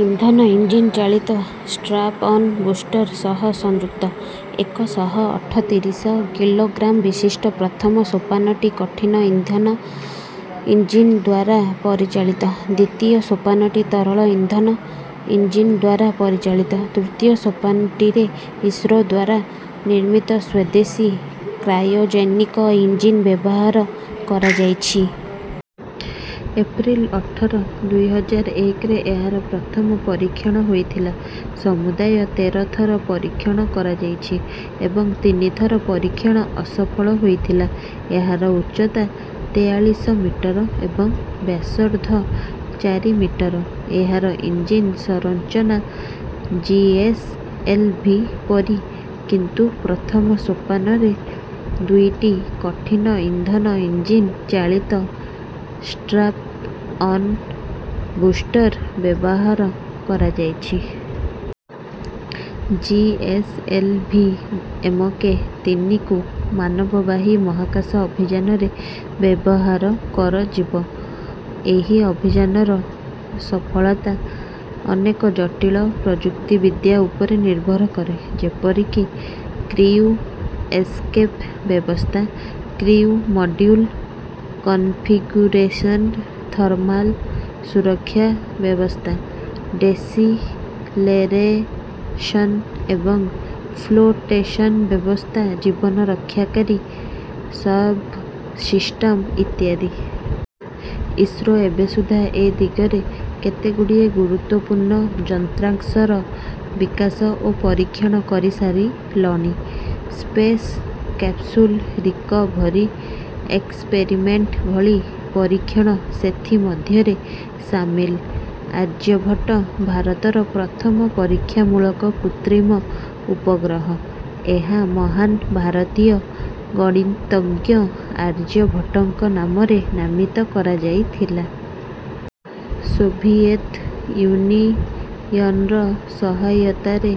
ଇନ୍ଧନ ଇଞ୍ଜିନ୍ ଚାଳିତ strap on booster ସହ ସଂଯୁକ୍ତ। ଏକ ଶହ ଅଠତିରିଶ କିଲୋଗ୍ରାମ୍ ବିଶିଷ୍ଟ ପ୍ରଥମ ସୋପାନଟି କଠିନ ଇନ୍ଧନ ଇଞ୍ଜିନଦ୍ୱାରା ପରିଚାଳିତ। ଦ୍ଵିତୀୟ ସୋପାନଟି ତରଳ ଇନ୍ଧନ ଇଞ୍ଜିନଦ୍ୱାରା ପରିଚାଳିତ। ତୃତୀୟ ସୋପାନଟିରେ ଇସ୍ରୋ ଦ୍ୱାରା ନିର୍ମିତ ସ୍ୱଦେଶୀ କ୍ରାୟୋଜେନିକ ଇଞ୍ଜିନ୍ ବ୍ୟବହାର କରଯାଇଛି। ଏପ୍ରିଲ୍ ଅଠର ଦୁଇ ହଜାର ଏକରେ ଏହାର ପ୍ରଥମ ପରୀକ୍ଷଣ ହୋଇଥିଲା। ସମୁଦାୟ ତେର ଥର ପରୀକ୍ଷଣ କରାଯାଇଛି ଏବଂ ତିନି ଥର ପରିକ୍ଷଣ ଅସଫଳ ହୋଇଥିଲା। ଏହାର ଉଚ୍ଚତା ତେୟାଳିଶ ମିଟର ଏବଂ ବ୍ୟାସର୍ଦ୍ଧ ଚାରି ମିଟର। ଏହାର ଇଞ୍ଜିନ୍ ସଂରଚନା ଜିଏସଏଲଭି ପରି କିନ୍ତୁ ପ୍ରଥମ ସୋପନରେ ଦୁଇଟି କଠିନ ଇନ୍ଧନ ଇଞ୍ଜିନ୍ ଚାଳିତ ଷ୍ଟ୍ରାପ୍ଅନ ବୁଷ୍ଟର୍ ବ୍ୟବହାର କରାଯାଇଛି। ଜିଏସଏଲଭି ଏମକେ ତିନି କୁ ମାନବବାହୀ ମହାକାଶ ଅଭିଯାନରେ ବ୍ୟବହାର କରଯିବ। ଏହି ଅଭିଯାନର ସଫଳତା ଅନେକ ଜଟିଳ ପ୍ରଯୁକ୍ତିବିଦ୍ୟା ଉପରେ ନିର୍ଭର କରେ। ଯେପରିକି କ୍ରିଉ ଏସକେପ୍ ବ୍ୟବସ୍ଥା, କ୍ରିଉ ମଡ୍ୟୁଲ କନଫିଗୁରେସନ୍, ଥର୍ମାଲ ସୁରକ୍ଷା ବ୍ୟବସ୍ଥା, ଡ଼େସିଲେରେସନ୍ ଏବଂ ଫ୍ଲୋଟେସନ୍ ବ୍ୟବସ୍ଥା ଜୀବନ ରକ୍ଷାକାରୀ ସବ୍‌ସିଷ୍ଟମ୍ ଇତ୍ୟାଦି। ଇସ୍ରୋ ଏବେ ସୁଦ୍ଧା ଏ ଦିଗରେ କେତେଗୁଡ଼ିଏ ଗୁରୁତ୍ୱପୂର୍ଣ୍ଣ ଯନ୍ତ୍ରାଂଶର ବିକାଶ ଓ ପରୀକ୍ଷଣ କରିସାରିଲଣି। ସ୍ପେସ୍ କ୍ୟାପସୁଲ୍ ରିକଭରୀ ଏକ୍ସପେରିମେଣ୍ଟ ଭଳି ପରୀକ୍ଷଣ ସେଥି ମଧ୍ୟରେ ସାମିଲ। ଆର୍ଯ୍ୟଭଟ୍ଟ ଭାରତର ପ୍ରଥମ ପରୀକ୍ଷାମୂଳକ କୃତ୍ରିମ ଉପଗ୍ରହ। ଏହା ମହାନ ଭାରତୀୟ ଗଣିତଜ୍ଞ ଆର୍ଯ୍ୟଭଟ୍ଟଙ୍କ ନାମରେ ନାମିତ କରାଯାଇଥିଲା। ସୋଭିଏତ ଯୁନିୟନର ସହାୟତାରେ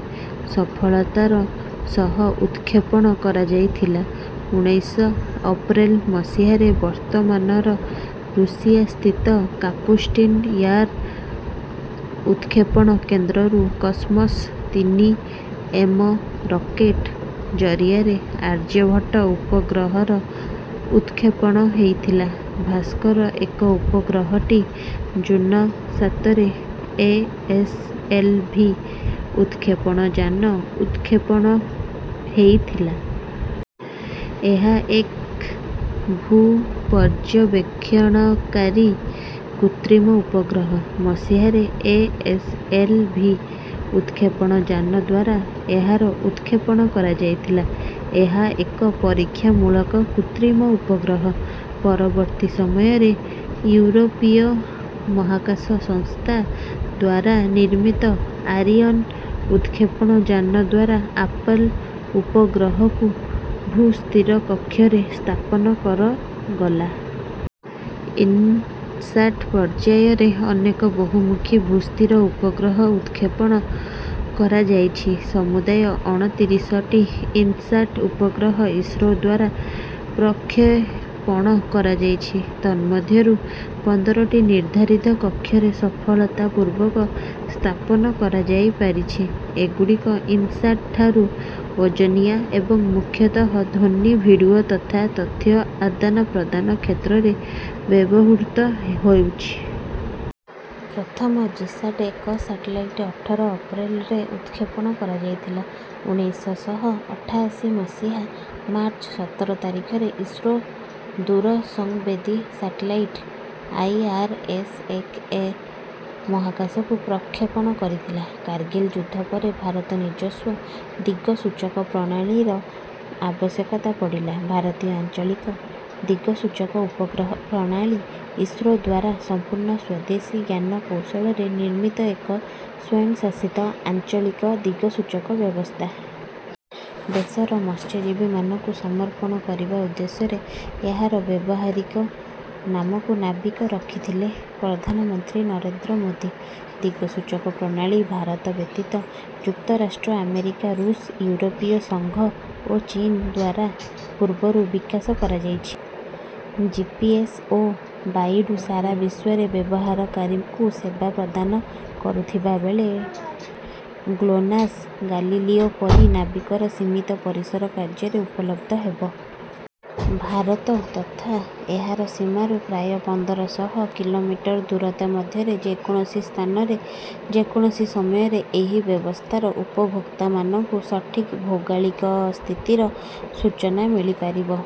ସଫଳତାର ସହ ଉତକ୍ଷେପଣ କରାଯାଇଥିଲା। ଉଣେଇଶ ଅପ୍ରେଲ ମସିହାରେ ବର୍ତ୍ତମାନର ରୁଷିଆସ୍ଥିତ କାପୁଷ୍ଟିନ୍ ୟାର ଉତକ୍ଷେପଣ କେନ୍ଦ୍ରରୁ କସ୍‌ମସ୍ ତିନି ଏମ ରକେଟ ଜରିଆରେ ଆର୍ଯ୍ୟଭଟ୍ଟ ଉପଗ୍ରହର ଉତକ୍ଷେପଣ ହେଇଥିଲା। ଭାସ୍କର ଏକ ଉପଗ୍ରହଟି ଜୁନ ସାତରେ ଏଏସଏଲଭି ଉତକ୍ଷେପଣଯାନ ଉତକ୍ଷେପଣ ହେଇଥିଲା। ଏହା ଏକ୍ ଭୂପର୍ଯ୍ୟବେକ୍ଷଣକାରୀ କୃତ୍ରିମ ଉପଗ୍ରହ। ମସିହାରେ ଏଏସଏଲଭି ଉତକ୍ଷେପଣଯାନ ଦ୍ୱାରା ଏହାର ଉତକ୍ଷେପଣ କରାଯାଇଥିଲା। ଏହା ଏକ ପରୀକ୍ଷାମୂଳକ କୃତ୍ରିମ ଉପଗ୍ରହ। ପରବର୍ତ୍ତୀ ସମୟରେ ୟୁରୋପୀୟ ମହାକାଶ ସଂସ୍ଥା ଦ୍ୱାରା ନିର୍ମିତ ଆରିଅନ୍ ଉତକ୍ଷେପଣ ଯାନ ଦ୍ୱାରା ଆପଲ୍ ଉପଗ୍ରହକୁ ଭୂସ୍ଥିର କକ୍ଷରେ ସ୍ଥାପନ କରଗଲା। ଇନସାଟ୍ ପର୍ଯ୍ୟାୟରେ ଅନେକ ବହୁମୂଖୀ ଭୂସ୍ଥିର ଉପଗ୍ରହ ଉତକ୍ଷେପଣ କରାଯାଇଛି। ସମୂଦାୟ ଅଣତିରିଶଟି ଇନସାଟ୍ ଉପଗ୍ରହ ଇସ୍ରୋ ଦ୍ୱାରା ପ୍ରକ୍ଷେପଣ କରାଯାଇଛି ତନ୍ମଧ୍ୟରୁ ପନ୍ଦରଟି ନିର୍ଦ୍ଧାରିତ କକ୍ଷରେ ସଫଳତା ପୂର୍ବକ ସ୍ଥାପନ କରାଯାଇପାରିଛି। ଏଗୁଡିକ ଇନସାଟ୍ ଠାରୁ ଓଜନିଆ ଏବଂ ମୂଖ୍ୟତଃ ଧ୍ୱନି ଭିଡିଓ ତଥା ତଥ୍ୟ ଆଦାନପ୍ରଦାନ କ୍ଷେତ୍ରରେ ବ୍ୟବହୃତ ହେଉଛି। ପ୍ରଥମ ଜିସାଟ୍ଏକ ସାଟେଲାଇଟ୍ ଅଠର ଅପ୍ରେଲ୍ ରେ ଉତକ୍ଷେପଣ କରାଯାଇଥିଲା। ଉଣେଇଶ ଶହ ଅଠାଅଶୀ ମସିହା ମାର୍ଚ୍ଚ ସତର ତାରିଖରେ ଇସ୍ରୋ ଦୂରସଂବେଦୀ ସାଟେଲାଇଟ୍ ଆଇଆରଏସ୍ଏକଏ ମହାକାଶକୁ ପ୍ରକ୍ଷେପଣ କରିଥିଲା। କାର୍ଗିଲ ଯୁଦ୍ଧ ପରେ ଭାରତ ନିଜସ୍ୱ ଦିଗସୂଚକ ପ୍ରଣାଳୀର ଆବଶ୍ୟକତା ପଡିଲା। ଭାରତୀୟ ଆଞ୍ଚଳିକ ଦିଗସୂଚକ ଉପଗ୍ରହ ପ୍ରଣାଳୀ ଇସ୍ରୋ ଦ୍ୱାରା ସମ୍ପୂର୍ଣ୍ଣ ସ୍ୱଦେଶୀ ଜ୍ଞାନ କୌଶଳରେ ନିର୍ମିତ ଏକ ସ୍ୱୟଂଶାସିତ ଆଞ୍ଚଳିକ ଦିଗସୂଚକ ବ୍ୟବସ୍ଥା। ଦେଶର ମତ୍ସ୍ୟଜୀବିମାନଙ୍କୁ ସମର୍ପଣ କରିବା ଉଦ୍ଦେଶ୍ୟରେ ଏହାର ବ୍ୟବହାରିକ ନାମକୁ ନାବିକ ରଖିଥିଲେ ପ୍ରଧାନମନ୍ତ୍ରୀ ନରେନ୍ଦ୍ର ମୋଦୀ। ଦିଗସୂଚକ ପ୍ରଣାଳୀ ଭାରତ ବ୍ୟତୀତ ଯୁକ୍ତରାଷ୍ଟ୍ର ଆମେରିକା ଋଷ୍ ଇଉରୋପୀୟ ସଂଘ ଓ ଚୀନ୍ ଦ୍ୱାରା ପୁର୍ବରୁ ବିକାଶ କରାଯାଇଛି। ଜିପିଏସ୍ ଓ ବାଇଡୁ ସାରା ବିଶ୍ୱରେ ବ୍ୟବହାରକାରୀଙ୍କୁ ସେବା ପ୍ରଦାନ କରୁଥିବାବେଳେ ଗ୍ଲୋନାସ୍ ଗାଲିଲିଓ ପରି ନାବିକ ର ସୀମିତ ପରିସର କାର୍ଯ୍ୟ ରେ ଉପଲବ୍ଧ ହେବ। ଭାରତ ତଥା ଏହାର ସୀମାରୁ ପ୍ରାୟ ପନ୍ଦର ଶହ କିଲୋମିଟର ଦୂରତା ମଧ୍ୟରେ ଯେକୌଣସି ସ୍ଥାନରେ, ଯେକୌଣସି ସମୟରେ ଏହି ବ୍ୟବସ୍ଥାର ଉପଭୋକ୍ତାମାନଙ୍କୁ ସଠିକ୍ ଭୌଗୋଳିକ ସ୍ଥିତିର ସୂଚନା ମିଳିପାରିବ।